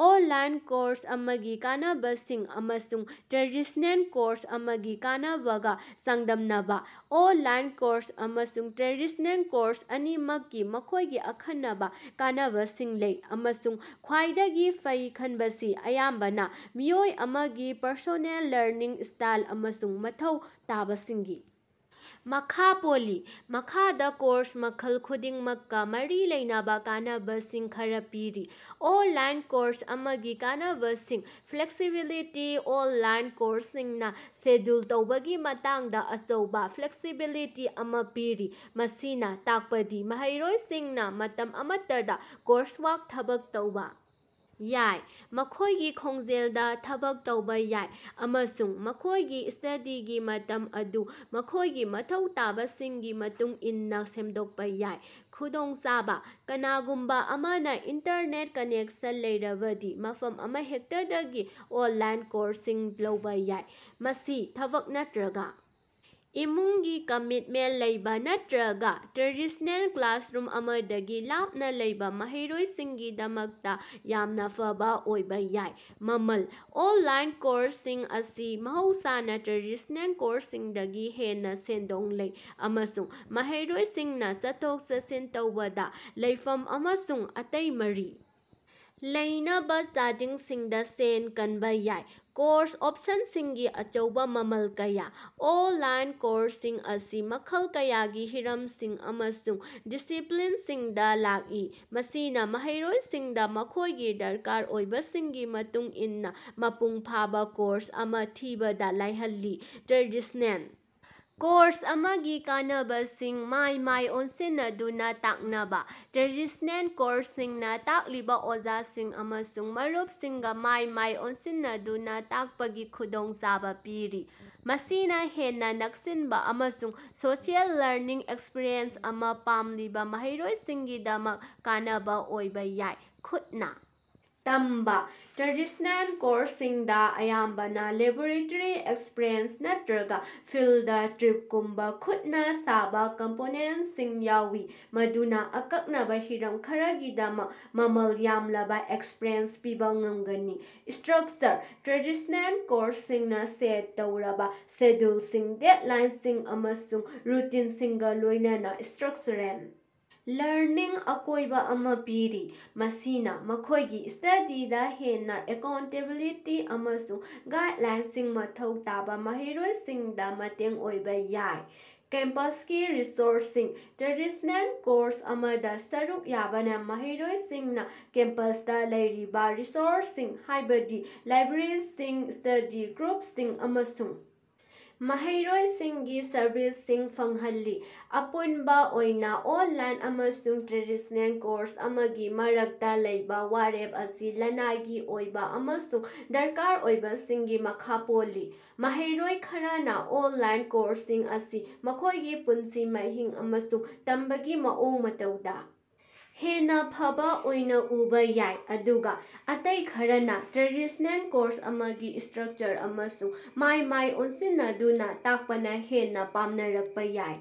Online course ꯑꯃꯒꯤ ꯀꯥꯟꯅꯕꯁꯤꯡ ꯑꯃꯁꯨꯡ ꯇ꯭ꯔꯦꯗꯤꯁꯅꯦꯜ ꯀꯣꯔꯁ ꯑꯃꯒꯤ ꯀꯥꯟꯅꯕꯒ ꯆꯥꯡꯗꯝꯅꯕ꯫ ꯑꯣꯟꯂꯥꯏꯟ ꯀꯣꯔꯁ ꯑꯃꯁꯨꯡ ꯇ꯭ꯔꯦꯗꯤꯁꯅꯦꯜ ꯀꯣꯔꯁ ꯑꯅꯤꯃꯛꯀꯤ ꯃꯈꯣꯢꯒꯤ ꯑꯈꯟꯅꯕ ꯀꯥꯟꯅꯕꯁꯤꯡ ꯂꯩ ꯑꯃꯁꯨꯡ ꯈ꯭ꯋꯥꯏꯗꯒꯤ ꯐꯩ ꯈꯟꯕꯁꯤ ꯑꯌꯥꯝꯕꯅ ꯃꯤꯑꯣꯏ ꯑꯃꯒꯤ ꯄꯔꯁꯣꯅꯦꯜ ꯂꯔꯅꯤꯡ ꯁ꯭ꯇꯥꯏꯜ ꯑꯃꯁꯨꯡ ꯃꯊꯧ ꯇꯥꯕꯁꯤꯡꯒꯤ ꯃꯈꯥ ꯄꯣꯜꯂꯤ꯫ ꯃꯈꯥꯗꯥ ꯀꯣꯔꯁ ꯃꯈꯜ ꯈꯨꯗꯤꯡꯃꯛꯀ ꯃꯔꯤ ꯂꯩꯅꯕꯥ ꯀꯥꯟꯅꯕꯁꯤꯡ ꯈꯔꯥ ꯄꯤꯔꯤ꯫ ꯑꯣꯅꯂꯥꯏꯟ ꯀꯣꯔꯁ ꯑꯃꯒꯤ ꯀꯥꯟꯅꯕꯁꯤꯡ: ꯐ꯭ꯂꯦꯛꯁꯤꯕꯤꯂꯤꯇꯤ: ꯑꯣꯟꯂꯥꯏꯟ ꯀꯣꯔꯁꯁꯤꯡꯅ ꯁꯦꯗ꯭ꯌꯨꯜ ꯇꯧꯕꯒꯤ ꯃꯇꯥꯡꯗ ꯑꯆꯧꯕ ꯐ꯭ꯂꯦꯛꯁꯤꯕꯤꯂꯤꯇꯤ ꯑꯃ ꯄꯤꯔꯤ꯫ ꯃꯁꯤꯅ ꯇꯥꯛꯄꯗꯤ ꯃꯍꯩꯔꯣꯏꯁꯤꯡꯅ ꯃꯇꯝ ꯑꯃꯠꯇꯗ ꯀꯣꯔꯁꯋꯥꯔꯛ ꯊꯕꯛ ꯇꯧꯕꯥ ꯌꯥꯏ ꯃꯈꯣꯢꯒꯤ ꯈꯣꯡꯖꯦꯜꯗ ꯊꯕꯛ ꯇꯧꯕꯥ ꯌꯥꯏ ꯑꯃꯁꯨꯡ ꯃꯈꯣꯢꯒꯤ ꯁ꯭ꯇꯗꯤꯒꯤ ꯃꯇꯝ ꯑꯗꯨ ꯃꯈꯣꯢꯒꯤ ꯃꯊꯧ ꯇꯥꯕꯁꯤꯡꯒꯤ ꯃꯇꯨꯡ ꯏꯟꯅ ꯁꯦꯝꯗꯣꯛꯄ ꯌꯥꯏ꯫ ꯈꯨꯗꯣꯡꯆꯥꯕꯥ: ꯀꯅꯥꯒꯨꯝꯕ ꯑꯃꯅ ꯏꯟꯇꯔꯅꯦꯠ ꯀꯅꯦꯛꯁꯟ ꯂꯩꯔꯕꯗꯤ ꯃꯐꯝ ꯑꯃꯍꯦꯛꯇꯗꯒꯤ ꯑꯣꯟꯂꯥꯏꯟ ꯀꯣꯔꯁꯁꯤꯡ ꯂꯧꯕꯥ ꯌꯥꯏ꯫ ꯃꯁꯤ ꯊꯕꯛ ꯅꯠꯇ꯭ꯔꯒ ꯏꯃꯨꯡꯒꯤ ꯀꯃꯤꯇꯃꯦꯟꯇ ꯂꯩꯕꯥ ꯅꯠꯇ꯭ꯔꯒ ꯇ꯭ꯔꯦꯗꯤꯁꯅꯦꯜ ꯀ꯭ꯂꯥꯁꯔꯨꯝ ꯑꯃꯗꯒꯤ ꯂꯥꯞꯅ ꯂꯩꯕꯥ ꯃꯍꯩꯔꯣꯏꯁꯤꯡꯒꯤꯗꯃꯛꯇ ꯌꯥꯝꯅ ꯐꯕ ꯑꯣꯏꯕꯥ ꯌꯥꯏ꯫ ꯃꯃꯜ: ꯑꯣꯟꯂꯥꯏꯟ ꯀꯣꯔꯁꯁꯤꯡ ꯑꯁꯤ ꯃꯍꯧꯁꯥꯅ ꯇ꯭ꯔꯦꯗꯤꯁꯅꯦꯜ ꯀꯣꯔꯁꯁꯤꯡꯗꯒꯤ ꯍꯦꯟꯅ ꯁꯦꯟꯗꯣꯡ ꯂꯩ ꯑꯃꯁꯨꯡ ꯃꯍꯩꯔꯣꯏꯁꯤꯡꯅ ꯆꯠꯊꯣꯛ ꯆꯠꯁꯤꯟ ꯇꯧꯕꯗ, ꯂꯩꯐꯝ ꯑꯃꯁꯨꯡ ꯑꯇꯩ ꯃꯔꯤ ꯂꯩꯅꯕ ꯆꯥꯗꯤꯡꯁꯤꯡꯗ ꯁꯦꯜ ꯀꯟꯕꯥ ꯌꯥꯏ꯫ ꯀꯣꯔꯁ ꯑꯣꯞꯁꯟꯁꯤꯡꯒꯤ ꯑꯆꯧꯕ ꯃꯈꯜ ꯀꯌꯥ: ꯑꯣꯟꯂꯥꯏꯟ ꯀꯣꯔꯁꯁꯤꯡ ꯑꯁꯤ ꯃꯈꯜ ꯀꯌꯥꯒꯤ ꯍꯤꯔꯝꯁꯤꯡ ꯑꯃꯁꯨꯡ ꯗꯤꯁꯤꯄ꯭ꯂꯤꯟꯁꯤꯡꯗ ꯂꯥꯛꯏ ꯃꯁꯤꯅ ꯃꯍꯩꯔꯣꯏꯁꯤꯡꯗ ꯃꯈꯣꯢꯒꯤ ꯗꯔꯀꯥꯔ ꯑꯣꯏꯕꯁꯤꯡꯒꯤ ꯃꯇꯨꯡ ꯏꯟꯅ ꯃꯄꯨꯡ ꯐꯥꯕ ꯀꯣꯔꯁ ꯑꯃ ꯊꯤꯕꯗ ꯂꯥꯏꯍꯜꯂꯤ꯫ ꯇ꯭ꯔꯦꯗꯤꯁꯅꯦꯜ ꯀꯣꯔꯁ ꯑꯃꯒꯤ ꯀꯥꯟꯅꯕꯁꯤꯡ: ꯃꯥꯏ ꯃꯥꯏ ꯑꯣꯟꯁꯟꯅꯗꯨꯅ ꯇꯥꯛꯅꯕ: ꯇ꯭ꯔꯦꯗꯤꯁꯅꯦꯜ ꯀꯣꯔꯁꯁꯤꯡꯅ ꯇꯥꯛꯂꯤꯕ ꯑꯣꯖꯥꯁꯤꯡ ꯑꯃꯁꯨꯡ ꯃꯔꯨꯞꯁꯤꯡꯒ ꯃꯥꯏ ꯃꯥꯏ ꯑꯣꯟꯁꯤꯟꯅꯗꯨꯅ ꯇꯥꯛꯄꯒꯤ ꯈꯨꯗꯣꯡꯆꯥꯕ ꯄꯤꯔꯤ꯫ ꯃꯁꯤꯅ ꯍꯦꯟꯅ ꯅꯛꯁꯟꯕ ꯑꯃꯁꯨꯡ ꯁꯣꯁꯤꯑꯦꯜ ꯂꯔꯅꯤꯡ ꯑꯦꯛꯁꯄꯤꯔꯤꯑꯦꯟꯁ ꯑꯃ ꯄꯥꯝꯂꯤꯕ ꯃꯍꯩꯔꯣꯏꯁꯤꯡꯒꯤꯗꯃꯛ ꯀꯥꯟꯅꯕ ꯑꯣꯏꯕ ꯌꯥꯏ꯫ ꯈꯨꯠꯅꯥ ꯇꯝꯕꯥ: ꯇ꯭ꯔꯦꯗꯤꯁꯅꯦꯜ ꯀꯣꯔꯁꯁꯤꯡꯗ ꯑꯌꯥꯝꯕꯅ ꯂꯦꯕꯣꯔꯦꯇꯔꯤ ꯑꯦꯛꯁꯄ꯭ꯔꯤꯃꯦꯟꯇ ꯅꯠꯇ꯭ꯔꯒ ꯐꯤꯜꯗ ꯇ꯭ꯔꯤꯞꯀꯨꯝꯕ ꯈꯨꯠꯅ ꯁꯥꯕꯥ ꯀꯝꯄꯣꯅꯦꯟꯇꯁꯤꯡ ꯌꯥꯎꯏ ꯃꯗꯨꯅ ꯑꯀꯛꯅꯕ ꯍꯤꯔꯝ ꯈꯔꯒꯤꯗꯃꯛ ꯃꯃꯜ ꯌꯥꯝꯂꯕ ꯑꯦꯛꯁꯄꯔꯤꯌꯦꯟꯁ ꯄꯤꯕ ꯉꯝꯒꯅꯤ꯫ ꯁꯇ꯭ꯔꯀꯆꯔ: ꯇ꯭ꯔꯦꯗꯤꯁꯅꯦꯜ ꯀꯣꯔꯁꯁꯤꯡꯅ ꯁꯦꯠ ꯇꯧꯔꯕ ꯁꯦꯗ꯭ꯌꯨꯜꯁꯤꯡ, ꯗꯦꯗꯂꯥꯏꯟꯁꯤꯡ ꯑꯃꯁꯨꯡ ꯔꯨꯇꯤꯟꯁꯤꯡꯒ ꯂꯣꯢꯅꯅꯥ ꯁꯇ꯭ꯔꯛꯆꯔꯦꯜ ꯂꯔꯅꯤꯡ ꯑꯀꯣꯏꯕ ꯑꯃꯥ ꯄꯤꯔꯤ꯫ ꯃꯁꯤꯅ ꯃꯈꯣꯢꯒꯤ ꯁꯇꯗꯤꯗ ꯍꯦꯟꯅ ꯑꯦꯀꯥꯎꯟꯇꯦꯕꯤꯂꯤꯇꯤ ꯑꯃꯁꯨꯡ ꯒꯥꯏꯗꯂꯥꯏꯟꯁꯤꯡ ꯃꯊꯧ ꯇꯥꯕ ꯃꯍꯩꯔꯣꯏꯁꯤꯡꯗ ꯃꯇꯦꯡ ꯑꯣꯏꯕ ꯌꯥꯏ꯫ ꯀꯦꯝꯄꯁꯀꯤ ꯔꯤꯁꯣꯔꯁꯁꯤꯡ: ꯇ꯭ꯔꯦꯗꯤꯁꯅꯦꯜ ꯀꯣꯔꯁ ꯑꯃꯗ ꯁꯔꯨꯛ ꯌꯥꯕꯅ ꯃꯍꯩꯔꯣꯏꯁꯤꯡꯅ ꯀꯦꯝꯄꯁꯇ ꯂꯩꯔꯤꯕ ꯔꯤꯁꯣꯔꯁꯁꯤꯡ ꯍꯥꯢꯕꯗꯤ ꯂꯥꯏꯕ꯭ꯔꯦꯔꯤꯁꯤꯡ, ꯁ꯭ꯇꯗꯤ ꯒ꯭ꯔꯨꯞꯁꯤꯡ ꯑꯃꯁꯨꯡ ꯃꯍꯩꯔꯣꯏꯁꯤꯡꯒꯤ ꯁꯔꯚꯤꯁꯁꯤꯡ ꯐꯪꯍꯜꯂꯤ꯫ ꯑꯄꯨꯟꯕ ꯑꯣꯏꯅ ꯑꯣꯟꯂꯥꯏꯟ ꯑꯃꯁꯨꯡ ꯇ꯭ꯔꯦꯗꯤꯁꯅꯦꯜ ꯀꯣꯔꯁ ꯑꯃꯒꯤ ꯃꯔꯛꯇ ꯂꯩꯕꯥ ꯋꯥꯔꯦꯞ ꯑꯁꯤ ꯂꯅꯥꯏꯒꯤ ꯑꯣꯏꯕ ꯑꯃꯁꯨꯡ ꯗꯔꯀꯥꯔ ꯑꯣꯏꯕꯁꯤꯡꯒꯤ ꯃꯈꯥ ꯄꯣꯜꯂꯤ꯫ ꯃꯍꯩꯔꯣꯏ ꯈꯔꯅ ꯑꯣꯟꯂꯥꯏꯟ ꯀꯣꯔꯁꯁꯤꯡ ꯑꯁꯤ ꯃꯈꯣꯢꯒꯤ ꯄꯨꯟꯁꯤ ꯃꯍꯤꯡ ꯑꯃꯁꯨꯡ ꯇꯝꯕꯒꯤ ꯃꯑꯣꯡ ꯃꯇꯧꯗ ꯍꯦꯟꯅ ꯐꯕ ꯑꯣꯏꯅ ꯎꯕꯥ ꯌꯥꯏ ꯑꯗꯨꯒ ꯑꯇꯩ ꯈꯔꯅ ꯇ꯭ꯔꯦꯗꯤꯁꯅꯦꯜ ꯀꯣꯔꯁ ꯑꯃꯒꯤ ꯁꯇ꯭ꯔꯛꯆꯔ ꯑꯃꯁꯨꯡ ꯃꯥꯏ ꯃꯥꯏ ꯑꯣꯟꯁꯤꯟꯅꯗꯨꯅ ꯇꯥꯛꯄꯅ ꯍꯦꯟꯅꯥ ꯄꯥꯝꯅꯔꯛꯄ ꯌꯥꯏ꯫